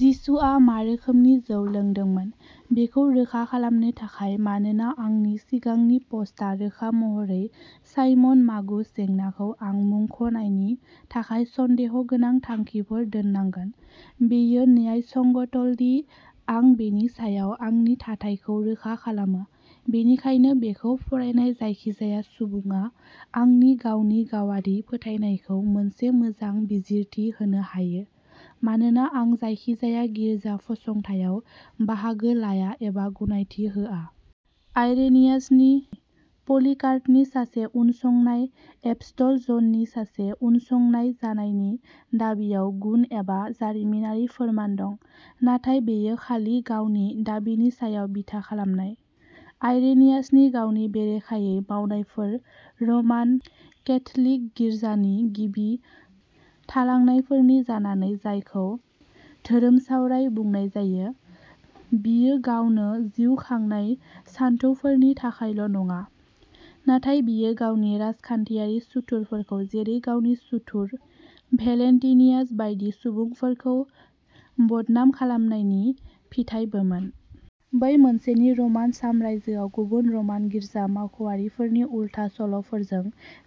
जिसुआ मा रोखोमनि जौ लोंदोंमोन? बेखौ रोखा खालामनो थाखाय, मानोना आंनि सिगांनि पस्टआ रोखा महरै साइमन मागुस जेंनाखौ आं मुंख'नायनि थाखाय सन्देहगोनां थांखिफोर दोननांगोन बेयो न्यायसंगतल'दि आं बेनि सायाव आंनि थाथायखौ रोखा खालामो, बेनिखायनो बेखौ फरायनाय जायखिजाया सुबुङा आंनि गावनि गावारि फोथायनायखौ मोनसे मोजां बिजिरथि होनो हायो, मानोना आं जायखिजाया गिर्जा फसंथायाव बाहागो लाया एबा गनायथि होआ। आइरेनियासनि पलिकार्पनि सासे उनसंनाय, एपस्टल जननि सासे उनसंनाय जानायनि दाबिआव गुन एबा जारिमिनारि फोरमान दं, नाथाय बेयो खालि गावनि दाबिनि सायाव बिथा खालामनाय। आइरेनियासनि गावनि बेरेखायै मावनायफोर, रमान केथ'लिक गिर्जानि गिबि थालांनायफोरनि जानानै जायखौ "धोरोमसावराय" बुंनाय जायो, बियो गावनो जिउ खांनाय सानथौफोरनि थाखायल' नङा; नाथाय बियो गावनि राजखान्थियारि सुथुरफोरखौ जेरै- गावनि सुथुर, भेलेन्टिनियास बायदि सुबुंफोरखौ बदनाम खालामनायनि फिथायबोमोन। बै मोनसेनि रमान साम्रायजोआव गुबुन रमान गिर्जा मावख'आरिफोरनि उल्था सल'फोरजों,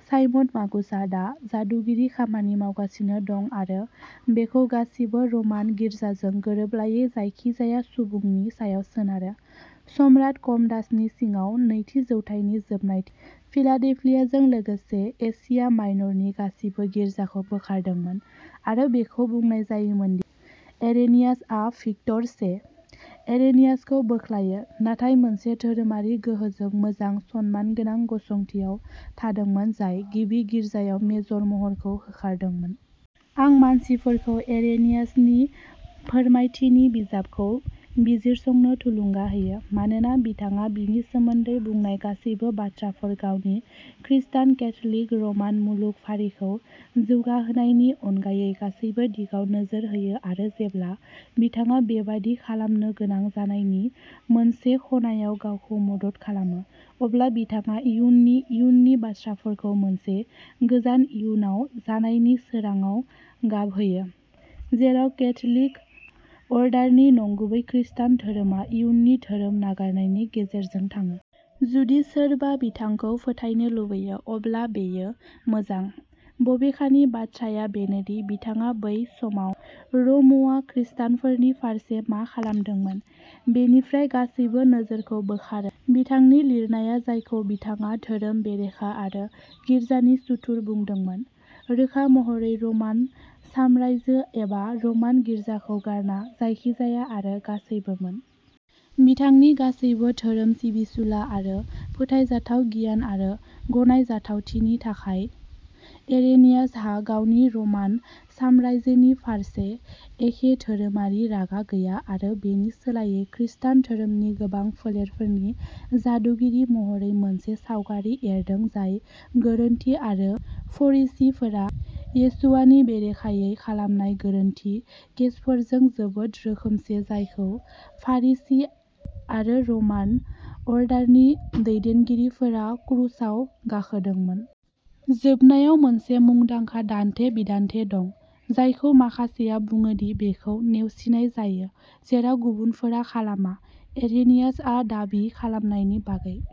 साइमन मागुसआ दा जादुगिरि खामानि मावगासिनो दं आरो बेखौ गासिबो र'मान गिर्जाजों गोरोबलायै जायखिजाया सुबुंनि सायाव सोनारो। सम्राट कम'डासनि सिङाव नैथि जौथाइनि जोबनायथिं, फिलाडेल्फियाजों लोगोसे एशिया माइनरनि गासिबो गिर्जाखौ बोखारदोंमोन, आरो बेखौ बुंनाय जायोमोन दि इरेनियासआ भिक्टर से, इरेनियासखौ "बोख्लायो", नाथाय मोनसे धोरोमारि गोहोजों मोजां, सनमानगोनां गसंथियाव थादोंमोन, जाय गिबि गिर्जायाव मेजर महरखौ होखारदोंमोन। आं मानसिफोरखौ इरेनियासनि फोरमायथिनि बिजाबखौ बिजिरसंनो थुलुंगा होयो, मानोना बिथाङा बेनि सोमोन्दै बुंनाय गासैबो बाथ्राफोर, गावनि "खृष्टान केथ'लिक र'मान मुलुग फारिखौ जौगाहोनाय" नि अनगायै गासैबो दिगाव नोजोर होयो आरो जेब्ला बिथाङा बेबादि खालामनो गोनां जानायनि मोनसे खनायाव गावखौ मदद खालामो, अब्ला बिथाङा इयुननि इयुननि बाथ्राफोरखौ मोनसे गोजान इयुनाव जानायनि सोरांङाव गाबहोयो, जेराव कैथलिक अर्डारनि नंगुबै खृस्टान धोरोमा इयुननि धोरोम नागारनायनि गेजेरजों थाङो। जुदि सोरबा बिथांखौ फोथायनो लुबैयो, अब्ला बेयो मोजां। बबेखानि, बाथ्राया बेनो दि, बिथाङा बै समाव र'मआ खृस्टानफोरनि फारसे मा खालामदोंमोन बेनिफ्राय गासैबो नोजोरखौ बोखारो। बिथांनि लिरनाया जायखौ बिथाङा धोरोम बेरेखा आरो गिर्जानि सुथुर बुंदोंमोन, रोखा महरै रमान साम्रायजो एबा रमान गिर्जाखौ गारना जायखिजाया आरो गासैबोमोन। बिथांनि गासैबो धोरोम सिबिसुला आरो फोथायजाथाव गियान आरो गनायजाथावथिनि थाखाय, इरेनियासहा गावनि रमान साम्रायजोनि फारसे एखे धोरोमारि रागा गैया आरो बेनि सोलायै, खृस्टान धोरोमनि गोबां फोलेरफोरनि "जादुगिरि" महरै मोनसे सावगारि एरदों जाय गोरोन्थि आरो फरिसीफोरा येशुवानि बेरेखायै खालामनाय गोरोन्थि केसफोरजों जोबोद रोखोमसे, जायखौ फारिसी आरो रमान अर्डारनि, दैदेनगिरिफोरा क्रुसाव गाखोदोंमोन। जोबनायाव, मोनसे मुंदांखा दान्थे-बिदान्थे दं जायखौ माखासेया बुङो दि बेखौ नेवसिनाय जायो जेराव गुबुनफोरा खालामा, इरेनियासआ दाबि खालामनायनि बागै।